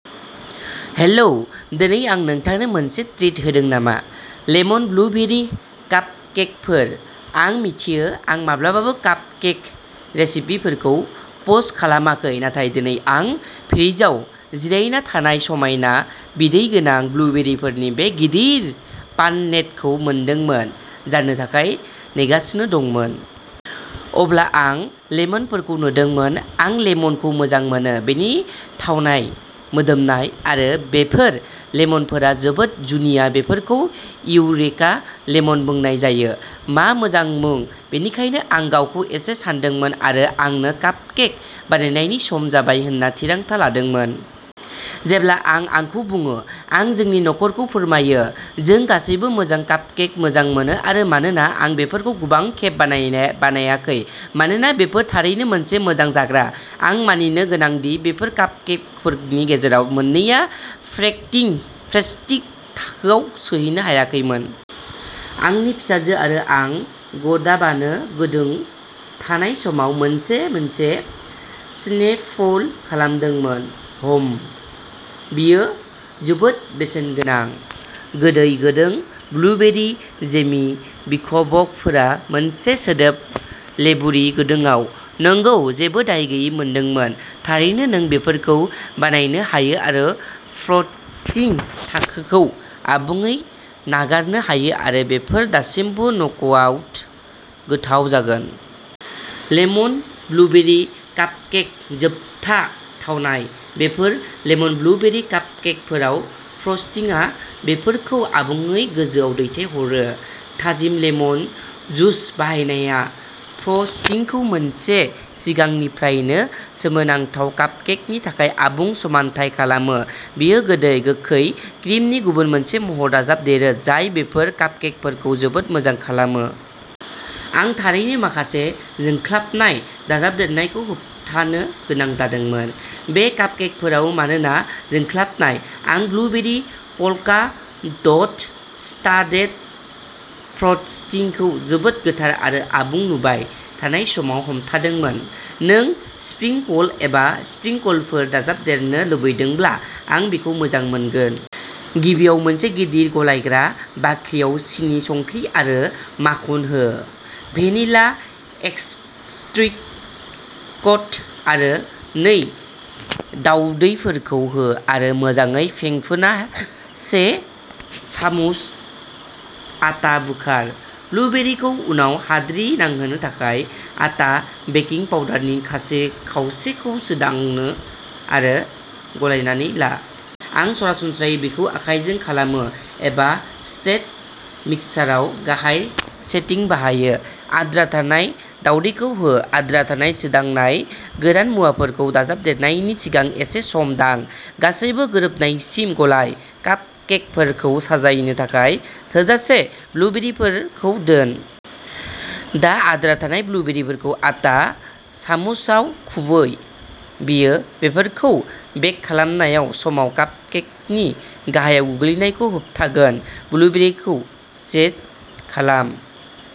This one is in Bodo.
हेलो, दिनै आं नोंथांनो मोनसे ट्रिट होदों नामा। लेमन ब्लुबेरि कापकेकफोर। आं मिथियो, आं माब्लाबाबो कापकेक रेसिपिफोरखौ पस्ट खालामाखै, नाथाय दिनै, आं फ्रिजआव जिरायना थानाय समायना, बिदै गोनां, ब्लुबेरिफोरनि बे गिदिर पाननेटखौ मोनदोंमोन, जानो थाखाय नेगासिनो दंमोन। अब्ला आं लेमनफोरखौ नुदोंमोन। आं लेमनखौ मोजां मोनो, बेनि थावनाय, मोदोमनाय आरो बेफोर लेमनफोरा जोबोद जुनिया बेफोरखौ इउरेका लेमन बुंनाय जायो। मा मोजां मुं। बेनिखायनो आं गावखौ एसे सानदोंमोन आरो आंनो कापकेक बानायनायनि सम जाबाय होनना थिरांथा लादोंमोन। जेब्ला आं आंखौ बुङो। आं जोंनि नखरखौ फोरमायो। जों गासैबो मोजां कापकेक मोजां मोनो आरो मानोना आं बेफोरखौ गोबां खेब बानायनो बानायाखै मानोना बेफोर थारैनो मोनसे मोजां जाग्रा। आं मानिनो गोनां दि, बेफोर कापकेकफोरनि गेजेराव मोननैया फ्रेकटिं थाखोआव सौहैनो हायाखैमोन। आंनि फिसाजो आरो आं गरदाबानो गुदुं थानाय समाव मोनसे मोनसे स्नेफल खालामदोंमोन। हम्म। बेयो जोबोद बेसेनगोनां। गोदै, गुदुं ब्लुबेरिनि जेमि बिखबफोरा मोनसे सिदोब लेबुनि गुदुङाव, नंगौ जेबो दाय गैयै मोनदोंमोन। थारैनो नों बेफोरखौ बानायनो हायो आरो फ्रस्टिं थाखोखौ आबुङै नागारनो हायो आरो बेफोर दासिमबो नकआउट गोथाव जागोन! लेमन ब्लुबेरि कापकेक जोबथा थावनाय। बेफोर लेमन ब्लुबेरि कापकेकफोराव फ्रस्टिंआ बेफोरखौ आबुङै गोजौआव दैथायहरो। थाजिम लेमन जुस बाहायनाया फ्रस्टिंखौ मोनसे सिगांनिफ्रायनो सोमोनांथाव कापकेकनि थाखाय आबुं समानथाय खालामो। बेयो गोदै गोखै क्रिमनि गुबुन मोनसे महर दाजाबदेरो जाय बेफोर कापकेकफोरखौ जोबोद मोजां खालामो। आं थारैनो माखासे जोंख्लाबनाय दाजाबदेरनायखौ होबथानो गोनां जादोंमोन। बे कापकेकफोराव मानोना जोंख्लाबनाय? आं ब्लुबेरि, पल्का डट स्टाडेड फ्रस्टिंखौ जोबोद गोथार आरो आबुं नुबाय थानाय समाव हमथादोंमोन। नों स्प्रिंकल एबा स्प्रिंकलफोर दाजाबदेरनो लुबैदोंब्ला, आं बेखौ मोजां मोनगौ। गिबियाव मोनसे गिदिर गलायग्रा बाख्रियाव सिनि, संख्रि आरो माखन हो। भेनिला एक्सट्रैक्ट आरो नै दावदैफोरखौ हो आरो मोजाङै फेंफोना से सामुस आटा बोखार, ब्लुबेरिफोरखौ उनाव हाद्रि नांहोनो थाखाय। आटा बेकिं पाउडारनि खावसेखौ सोदांनो आरो गलायनानै ला। आं सरासनस्रायै बेखौ आखायजों खालामो, एबा स्टेन्ड मिक्साराव गाहाय सेटिं बाहायो। आद्रा थानाय दावदैखौ हो। आद्रा थानाय सोदांनाय, गोरान मुवाफोरखौ दाजाबदेरनायनि सिगां एसे सम दां। गासैबो गोरोबनायसिम गलाय। कापकेकफोरखौ साजायनो थाखाय थोजासे ब्लुबेरिफोरखौ दोन। दा आद्रा थानाय ब्लुबेरिफोरखौ आदा सामुसआव खुबै। बेयो बेफोरखौ बेक खालामनाय समाव कापकेकनि गाहायाव गोग्लैनायखौ होबथायगोन। लेबुखौ जेस्ट खालाम।